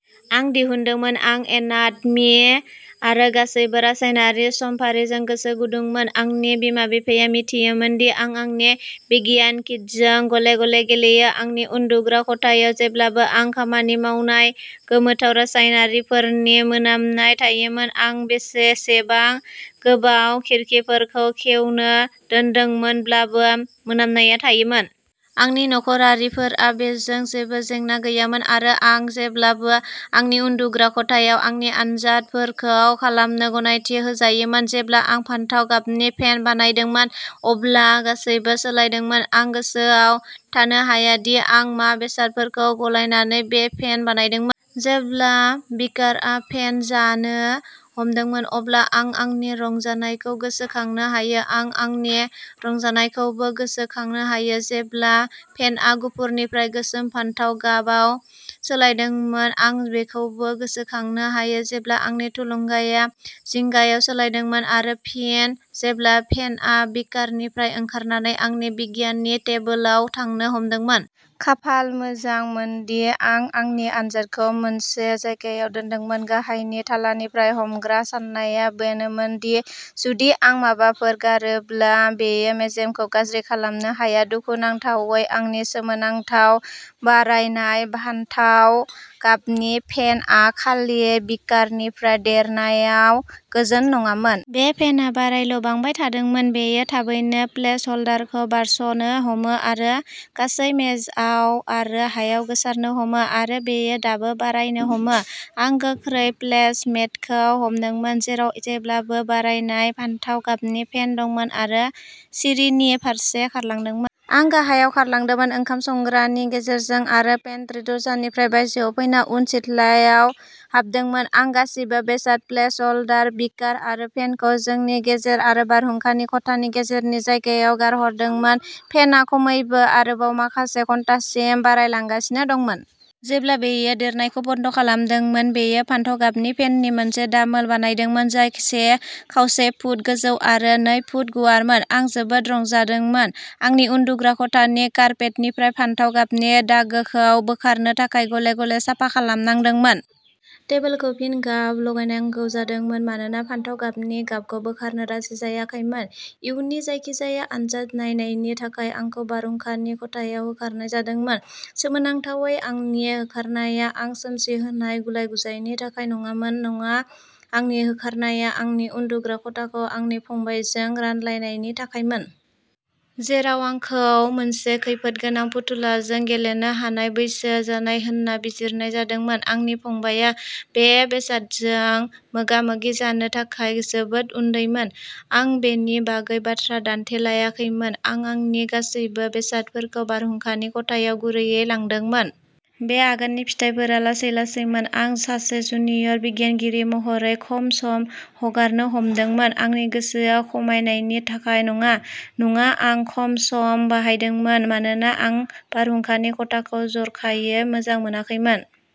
आं दिहुनदोंमोन। आं एनाटमी आरो गासैबो रासायनारि समफारिजों गोसो गुदुंमोन। आंनि बिमा-बिफाया मिथियोमोन दि आं आंनि बिगियान किटजों गले-गले गेलेयो। आंनि उन्दुग्रा खथायाव जेब्लाबो आं खामानि मावनाय गोमोथाव रासायनारिफोरनि मोनामनाय थायोमोन। आं जेसेबां गोबाव खिरखिफोरखौ खेवनो दोनदोंमोनब्लाबो मोनामनाया थायोमोन। आंनि नखरारिफोरा बेजों जेबो जेंना गैयामोन आरो आं जेब्लाबो आंनि उन्दुग्रा खथायाव आंनि आनजादफोरखौ खालामनो गनायथि होजायोमोन। जेब्ला आं फान्थाव गाबनि फेन बानायदोंमोन अब्ला गासैबो सोलायदोंमोन। आं गोसोआव थानो हाया दि आं मा बेसादफोरखौ गलायनानै बे फेन बानायदोंमोन। जेब्ला बीकारआ फेन जानो हमदोंमोन अब्ला आं आंनि रंजानायखौ गोसोखांनो हायो। आं आंनि रंजानायखौबो गोसोखांनो हायो जेब्ला फेनआ गुफुरनिफ्राय गोसोम फान्थाव गाबाव सोलायदोंमोन। आं बेखौबो गोसोखांनो हायो जेब्ला आंनि थुलुंगाया जिंगायाव सोलायदोंमोन आरो फिन जेब्ला फेनआ बीकारनिफ्राय ओंखारनानै आंनि बिगियाननि टेबोलाव थांनो हमदोंमोन। खाफाल मोजां मोनदि आं आंनि आनजादखौ मोनसे जायगायाव दोनदोंमोन। गाहायनि थालानिफ्राय हमग्रा। साननाया बेनोमोन दि जुदि आं माबाफोर गारोब्ला बेयो मेजखौ गाज्रि खालामनो हाया। दुखुनांथावै आंनि सोमोनांथाव बारायनाय फान्थाव गाबनि फेन आ खालि बीकारनिफ्राय देरनायाव गोजोन नङामोन। बे फेनआ बारायल' बांबाय थादोंमोन। बेयो थाबैनो प्लेस ह'ल्डारखौ बारस'नो हमो आरो गासै मेजआव आरो हायाव गोसारनो हमो। आरो बेयो दाबो बारायनो हमो। आं गोख्रै प्लेस मेटखौ हमदोंमोन जेराव जेब्लाबो बारायनाय फान्थाव गाबनि फेन दंमोन आरो सिरिनि फारसे खारलांदोंमोन। आं गाहायाव खारलांदोंमोन, ओंखाम संग्रानि गेजेरजों आरो पेन्ट्री दरजानिफ्राय बायजोआव फैना उन सिथ्लायाव हाबदोंमोन। आं गासिबो बेसाद, प्लेस ह'ल्डार, बीकार आरो फेनखौ जोंनि गेरेज आरो बारहुंखानि खथानि गेजेरनि जायगायाव गारहरदोंमोन। फेनआ खमैबो आरोबाव माखासे घन्टासिम बारायलांगासिनो दंमोन। जेब्ला बेयो देरनायखौ बन्द खालामदोंमोन, बेयो फान्थाव गाबनि फेननि मोनसे दामोल बानायदोंमोन जाय से खावसे फुट गोजौ आरो नै फुट गुवारमोन। आं जोबोद रंजादोंमोन। आंनि उन्दुग्रा खथानि कार्पेटनिफ्राय फान्थाव गाबनि दागोखौ बोखारनो थाखाय गले-गले साफा खालामनांदोंमोन। टेबोलखौ फिन गाब लगायनांगौ जादोंमोन मानोना फान्थाव गाबनि गाबखौ बोखारनो राजि जायाखैमोन। इयुननि जायखिजाया आनजाद नायनायनि थाखाय आंखौ बारहुंखानि खथायाव होखारनाय जादोंमोन। सोमोनांथावै आंनि होखारनाया आं सोमजिहोनाय गुलाय-गुजायनि थाखाय नङामोन। नङा, आंनि होखारनाया आंनि उन्दुग्रा खथाखौ आंनि फंबायजों रानलायनायनि थाखायमोन। जेराव आंखौ मोनसे खैफोदगोनां फुथुलाजों गेलेनो हानाय बैसो जानाय होन्ना बिजिरनाय जादोंमोन, आंनि फंबायआ बे बेसादजों मोगा मोगि जानो थाखाय जोबोद उन्दैमोन। आं बेनि बागै बाथ्रा दान्थेलायाखैमोन। आं आंनि गासैबो बेसादफोरखौ बारहुंखानि खथायाव गुरैयै लांदोंमोन। बे आगाननि फिथाइफोरा लासै-लासैमोन। आं सासे जुनियर बिगियानगिरि महरै खम सम हगारनो हमदोंमोन। आंनि गोसोआ खमायनायनि थाखाय नङा। नङा, आं खम सम बाहायदोंमोन मानोना आं बारहुंखानि खथाखौ जर'खायै मोजां मोनाखैमोन।